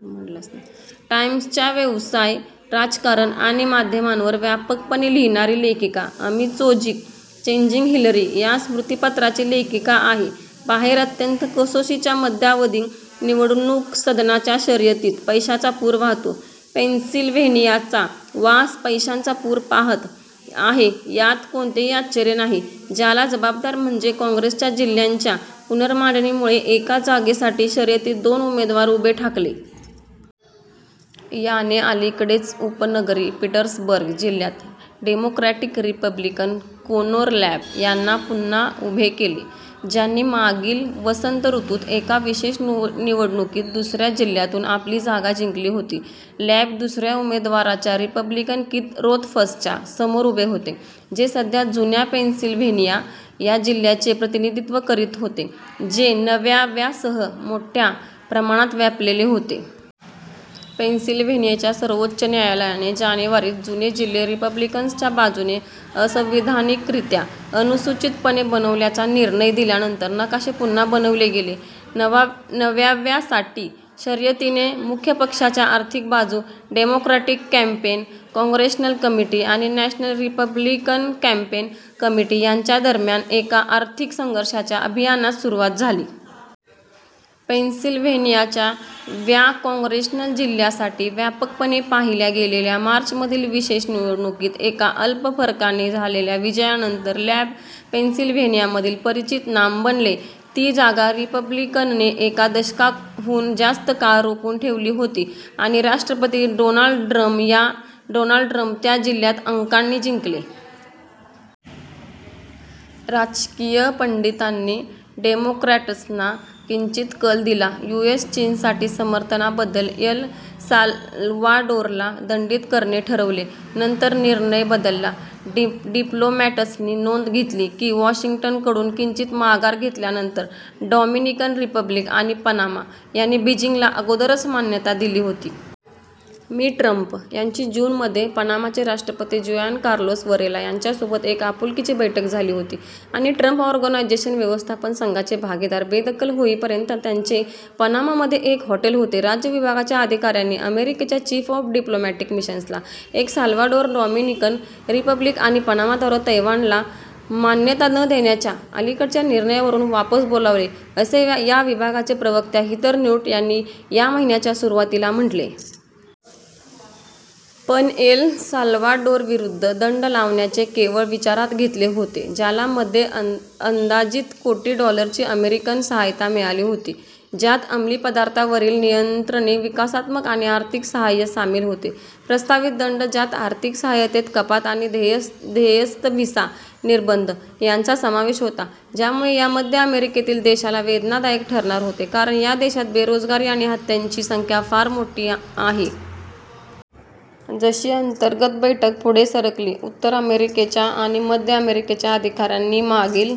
" टाइम्सच्या व्यवसाय, राजकारण आणि माध्यमांवर व्यापकपणे लिहिणारी लेखिका, अमी चोझिक "चेजिंग हिलरी" या स्मृतिपत्राची लेखिका आहे. बाहेर अत्यंत कसोशीच्या मध्यावधी निवडणूक सदनाच्या शर्यतीत पैशाचा पूर वाहतो. पेनसिल्व्हेनियाचा वा पैशांचा पूर पहात आहे यात कोणतेही आश्चर्य नाही, ज्याला जबाबदार म्हणजे काँग्रेसच्या जिल्ह्यांच्या पुनर्मांडणीमुळे एकाच जागेसाठी शर्यतीत दोन उमेदवार उभे ठाकले. याने अलीकडेच उपनगरी पिट्सबर्ग जिल्ह्यात डेमोक्रॅटिक रिपब्लिकन कोनोर लँब यांना पुन्हा उभे केले – ज्यांनी मागील वसंत ऋतूत एका विशेष निवडणुकीत दुसऱ्या जिल्ह्यातून आपली जागा जिंकली होती. लँब दुसऱ्या उमेदवाराच्या, रिपब्लिकन कीथ रोथफसच्या समोर उभे होते, जे सध्या जुन्या पेनसिल्व्हेनिया व्या जिल्ह्याचे प्रतिनिधित्व करीत होते, जे नव्या व्यासह मोठ्या प्रमाणात व्यापलेले होते. पेनसिल्व्हेनियाच्या सर्वोच्च न्यायालयाने जानेवारीत जुने जिल्हे रिपब्लिकन्सच्या बाजूने असंविधानिकरीत्या अनुचितपणे बनवल्याचा निर्णय दिल्यानंतर, नकाशे पुन्हा बनविले गेले. नव्या व्या साठी शर्यतीने मुख्य पक्षाच्या आर्थिक बाजू, डेमोक्रॅटिक कॅम्पेन काँग्रेशनल कमिटी आणि नॅशनल रिपब्लिकन कॅम्पेन कमिटी यांच्या दरम्यान एका आर्थिक संघर्षाच्या अभियानास सुरवात झाली. पेनसिल्व्हेनियाच्या व्या काँग्रेशनल जिल्ह्यासाठी व्यापकपणे पाहिल्या गेलेल्या मार्चमधील विशेष निवडणुकीत एका अल्प फरकाने झालेल्या विजयानंतर लँब पेनसिल्व्हेनियामधील परिचित नाम बनले. ती जागा रिपब्लिकनने एका दशकाहून जास्त काळ रोखून ठेवली होती, आणि राष्ट्रपती डोनाल्ड ट्रम्प त्या जिल्ह्यात अंकांनी जिंकले. राजकीय पंडितांनी डेमोक्रॅट्सना किंचित कल दिला. यु. एस. चीनसाठी समर्थनाबद्द्दल एल साल्वाडोरला दंडित करणे ठरविले, नंतर निर्णय बदलला डिप्लोमॅट्सनी नोंद घेतली की वाशिंग्टनकडून किंचित माघार घेतल्यानंतर, डॉमिनिकन रिपब्लिक आणि पनामा यांनी बीजिंगला अगोदरच मान्यता दिली होती. मि. ट्रम्प यांची जून मध्ये पनामाचे राष्ट्रपती जुआन कार्लोस वरेला यांच्यासोबत एक आपुलकीची बैठक झाली होती आणि ट्रम्प ऑर्गनायझेशन व्यवस्थापन संघाचे भागीदार बेदखल होईपर्यंत, त्यांचे पनामामध्ये एक हॉटेल होते. राज्य विभागाच्या अधिकाऱ्यांनी अमेरिकेच्या चीफ ऑफ डिप्लोमॅटिक मिशन्सला एल साल्व्हाडोर, डॉमिनिकन रिपब्लिक आणि पनामाद्वारा "तैवानला मान्यता न देण्याच्या अलीकडच्या निर्णयावरून" वापस बोलाविले, असे या विभागाच्या प्रवक्त्या हिथर न्युर्ट यांनी या महिन्याच्या सुरुवातीला म्हटले. पण एल साल्वाडोरविरुद्ध दंड लावण्याचे केवळ विचारात घेतले होते, ज्याला मध्ये अंदाजित कोटी डॉलरची अमेरिकन सहायता मिळाली होती, ज्यात अमलीपदार्थांवरील नियंत्रणे, विकासात्मक आणि आर्थिक साहाय्य सामील होते. प्रस्तावित दंड, ज्यात आर्थिक सहायतेत कपात आणि ध्येयस्थ व्हिसा निर्बंध यांचा समावेश होता, ज्यामुळे या मध्य अमेरिकेतील देशाला वेदनादायक ठरणार होते कारण या देशात बेरोजगारी आणि हत्यांची संख्या फार मोठी आहे. जशी अंतर्गत बैठक पुढे सरकली, उत्तर अमेरिकेच्या आणि मध्य अमेरिकेच्या अधिकाऱ्यांनी मागील